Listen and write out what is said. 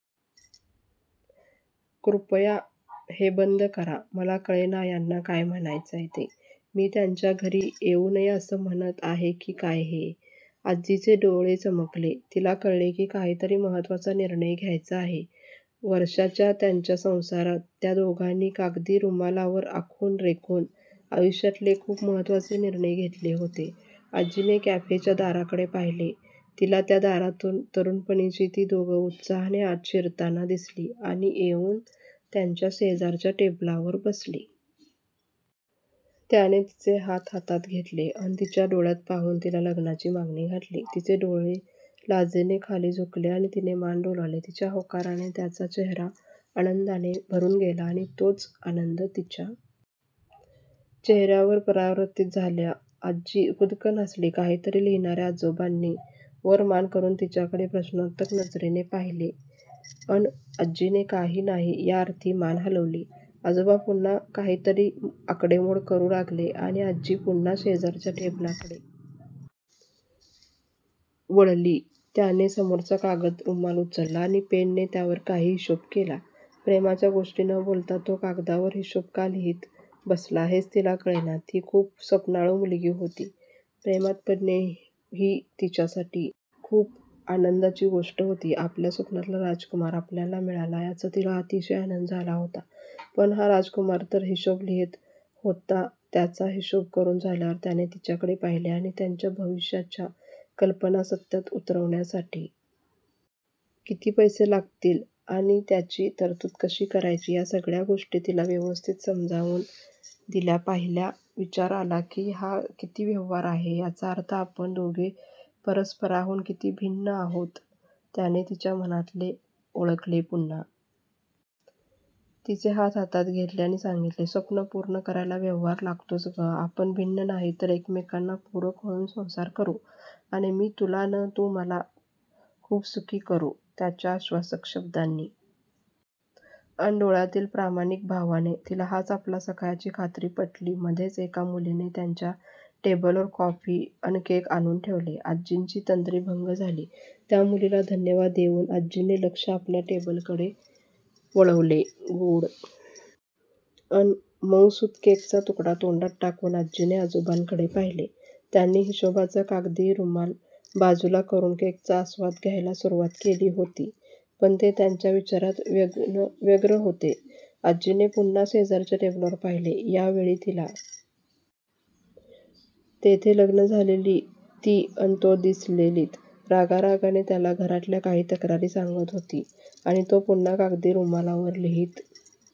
कृपया हे बंद करा. "मला कळेना ह्यांना काय म्हणायचय ते. मी त्यांच्या घरी येऊ नये असं म्हणत आहे कि काय हे?. आजीचे डोळे चमकले, तिला कळले कि काहीतरी महत्वाचा निर्णय घ्यायचा आहे, वर्षाच्या त्यांच्या संसारात त्या दोघांनी कागदी रुमालावर आखून रेखून आयुष्यातले खूप महत्वाचे निर्णय घेतले होतेआजी ने कॅफेच्या दाराकडे पाहिले, तिला त्या दारातून तरुणपणीची ती दोघं उत्साहाने आत शिरताना दिसलीआणि येउन त्यांच्या शेजारच्या टेबलवर बसली.. त्याने तिचे हात हातात घेतले अन तिच्या डोळ्यात पाहून तिला लग्नाची मागणी घातली, तिचे डोळे लाजेने खाली झुकले आणि तिने मान डोलावली, तिच्या होकाराने त्याचा चेहेरा आनंदाने भरून गेला आणि तोच आनंद तिच्या चेहेऱ्यावर परावर्तित झालाआजी खुदकन हसली, काहीतरी लिहिणाऱ्या आजोबांनी वर मान करून तिच्याकडे प्रश्नार्थक नजरेने पाहिले, अन आजीने काही नाही या अर्थी मान हलवली, आजोबा पुन्हा काहीतरी आकडेमोड करू लागलेआणि आजी पुन्हा शेजारच्या टेबलकडे वळलीत्याने समोरचा कागदी रुमाल उचलला आणि पेनने त्यावर काही हिशोब केला, प्रेमाच्या गोष्टी न बोलता तो कागदावर हिशोब का लिहित बसला हेच तिला कळेना, ती खूप स्वप्नाळू मुलगी होती, प्रेमात पडणे ही तिच्यासाठी खूप आनंदाची गोष्ट होती, आपल्या स्वप्नातला राजकुमार आपल्याला मिळाला याचा तिला अतिशय आनंद झाला होतापण हा राजकुमार तर हिशोब लिहित होतात्याचा हिशोब करून झाल्यावर त्याने तिच्याकडे पाहिले आणि त्यांच्या भविष्याच्या कल्पना सत्यात उतरवण्यासाठी किती पैसे लागतील आणि त्याची तरतूद कशी करायची या सगळ्या गोष्टी तिला व्यवस्थित समजावून दिल्यापहिला विचार आला कि "हा किती व्यवहारी आहे"याचा अर्थ आपण दोघेही परस्परांहून किती भिन्न आहोतत्याने तिच्या मनातले ओळखून पुन्हा तिचे हात हातात घेतले आणि सांगितले," स्वप्न पूर्ण करायला व्यवहार लागतोच ग, आपण भिन्न नाही तर एकमेकांना पूरक होऊन संसार करू, आणि मी तुला न तू मला खूप सुखी करू" त्याच्या आश्वासक शब्दांनी अन डोळ्यातील प्रामाणिक भावाने तिला हाच आपला सखा याची खात्री पटलीमध्येच एका मुलीने त्यांच्या टेबलवर कॉफी न केक आणून ठेवले, आजीची तंद्री भंग झाली, त्या मुलीला धन्यवाद देऊन आजीने लक्ष आपल्या टेबलकडे वळवलेगोड अन मऊसुत केकचा तुकडा तोंडात टाकून आजीने आजोबांकडे पाहिले, त्यांनी हिशोबाचा कागदी रुमाल बाजूला करून केकचा आस्वाद घ्यायला सुरुवात केली होती पण ते त्यांच्या विचारात व्यग्र होतेआजीने पुन्हा शेजारच्या टेबलवर पाहिले, यावेळी तिला तेथे लग्न झालेली ती अन तो दिसलेती रागारागाने त्याला घरातल्या काही तक्रारी सांगत होती आणि तो पुन्हा कागदी रुमालावर लिहित